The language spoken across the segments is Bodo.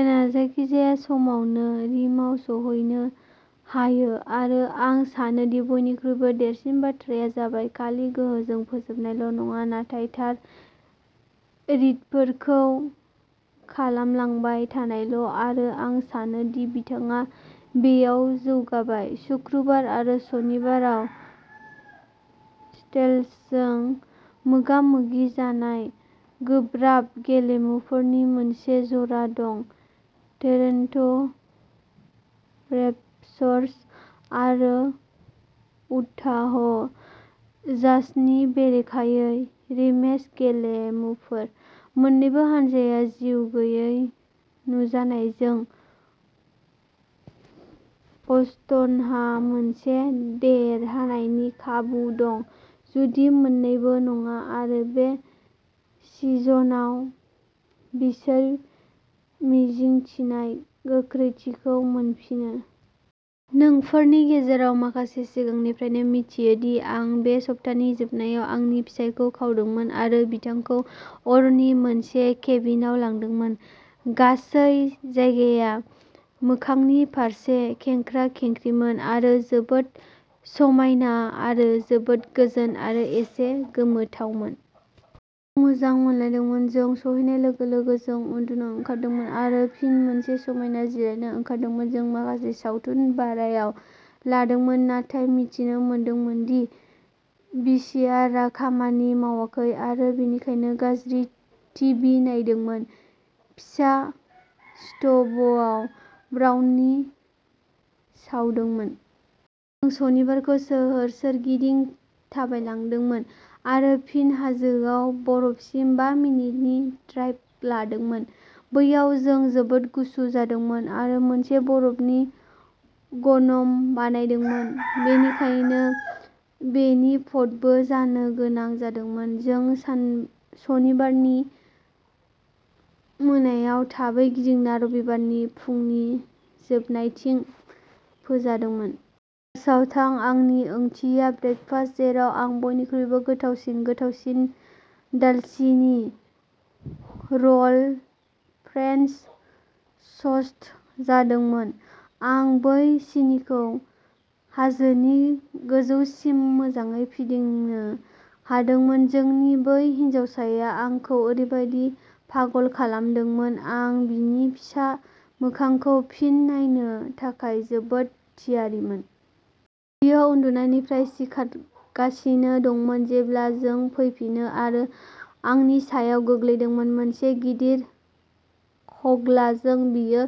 जेलेनआ जायखिजाया समावनो रिमआव सौहैनो हायो आरो आं सानो दि बयनिख्रुइबो देरसिन बाथ्राया जाबाय खालि गोहोजों फोजोबनायल' नङा, नाथाय थार रिडफोरखौ खालामलांबाय थानायल' आरो आं सानो दि बिथाङा बेयाव जौगाबाय। "सुक्रुबार आरो सनिबाराव सेल्ट्सजों मोगा-मोगि जानाय गोब्राब गेलेमुफोरनि मोनसे जरा दं, टरन्ट'रेप्टर्स आरो उटाह जाजनि बेरेखायै रिमेच गेलेमुफोर; मोन्नैबो हानजाया जिउ गैयै नुजानायजों, बस्टनहा मोनसे देरहानायनि खाबु दं, जुदि मोन्नैबो नङा आरो बे सिजनआव बिसोर मिजिंथिनाय गोख्रैथिखौ मोनफिननो। नोंफोरनि गेजेराव माखासेआ सिगांनिफ्रायनो मिथियो दि आं बे सप्तानि जोबनायाव आंनि फिसायखौ खावदोंमोन आरो बिथांखौ अरननि मोनसे केबिनआव लांदोंमोन। गासै जायगाया मोखांनि फारसे खेंख्रा-खेंख्रिमोन आरो जोबोद समायना आरो जोबोद गोजोन आरो एसे गोमोथावमोन। जों मोजां मोनलायदोंमोन। जों सौहैनाय लोगो-लोगो, जों उन्दुनो ओंखारदोंमोन आरो फिन मोनसे समायना जिरायनो ओंखारदोंमोन। जों माखासे सावथुन भारायाव लादोंमोन, नाथाय मिथिनो मोनदोंमोन दि भिसिआरआ खामानि मावाखै आरो बेनिखायनो गाज्रि टिभि नायदोंमोन, फिसा स्ट'भआव ब्राउनि सावदोंमोन। जों सनिबारखौ सोहोर सोरगिदिं थाबायलांदोंमोन आरो फिन हाजोआव बरफसिम बा मिनिटनि ड्राइभ लादोंमोन, बैयाव जों जोबोद गुसु जादोंमोन आरो मोनसे बरफनि ग'नम बानायदोंमोन। बेनिखायनो बेनि फट'बो जानो गोनां जादोंमोन। जों सनिबारनि मोनायाव थाबै गिदिंना रबिबारनि फुंनि जोबनायथिं फोजादोंमोन। डेजार्टआव थां, आंनि ओंथिया ब्रेकफास्ट, जेराव आं बयनिख्रुइ गोथावसिन, गोथावसिन दालसिनि र'ल फ्रेन्स ट'स्ट जादोंमोन आं बै सिनिखौ हाजोनि गोजौसिम मोजांङै फिदिंनो हादोंमोन। जोंनि बै हिनजावसाया आंखौ ओरैबादि पागल खालामदोंमोन, आं बिनि फिसा मोखांखौ फिन नायनो थाखाय जोबोद थियारिमोन। बियो उन्दुनायनिफ्राय सिखारगासिनो दंमोन जेब्ला जों फैफिनो आरो आंनि सायाव गोग्लैदोंमोन। मोनसे गिदिर हाग्लाजों। बियो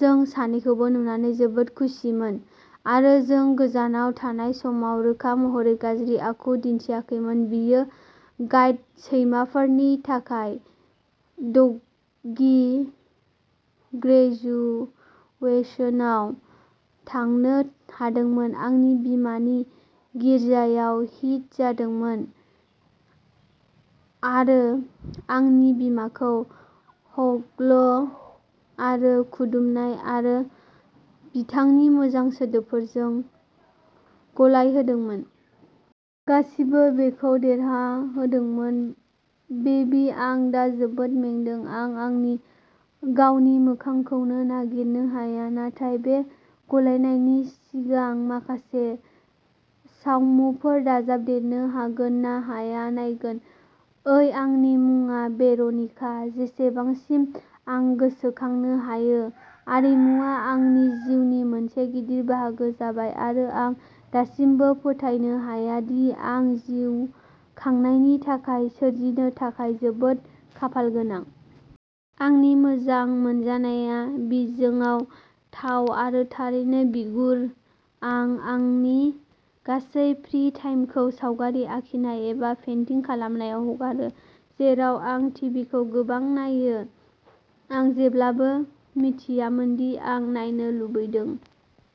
जों सानैखौबो नुनानै जोबोद खुसिमोन आरो जों गोजानाव थानाय समाव रोखा महरै गाज्रि आखु दिन्थियाखैमोन। बियो गाइड सैमाफोरनि थाखाय डगी ग्रेजुवेशनाव थांनो हादोंमोन, आंनि बिमानि गिर्जायाव हिट जादोंमोन आरो आंनि बिमाखौ हाग्ल' आरो खुदुमनाय आरो बिथांनि मोजां सोदोबफोरजों गलाइहोदोंमोन। गासैबो बेखौ देरहादोंमोन, बेबि आं दा जोबोद मेंदों, आं आंनि गावनि मोखांखौबो नागिरनो हाया, नाथाय बेखौ गलायनायनि सिगां माखासे सावमुफोर दाजाबदेरनो हागोन ना हाया नायगोन। ओइ, आंनि मुङा भेर'निका! जेसेबांसिम आं गोसोखांनो हायो आरिमुआ आंनि जिउनि मोनसे गिदिर बाहागो जाबाय आरो आं दासिमबो फोथायनो हाया दि आं जिउ खांनायनि थाखाय सोरजिनो थाखाय जोबोद खाफालगोनां। आंनि मोजां मोनजानाय बिजोंआ थाव आरो थारैनो बिगुर। आं आंनि गासै फ्रि-टाइमखौ सावगारि आखिनाय एबा पेन्टिं खालामनायाव हगारो, जेराव आं टिभिखौ गोबां नायो। आं जेब्लाबो मिथियोमोन दि आं नायनो लुबैदों।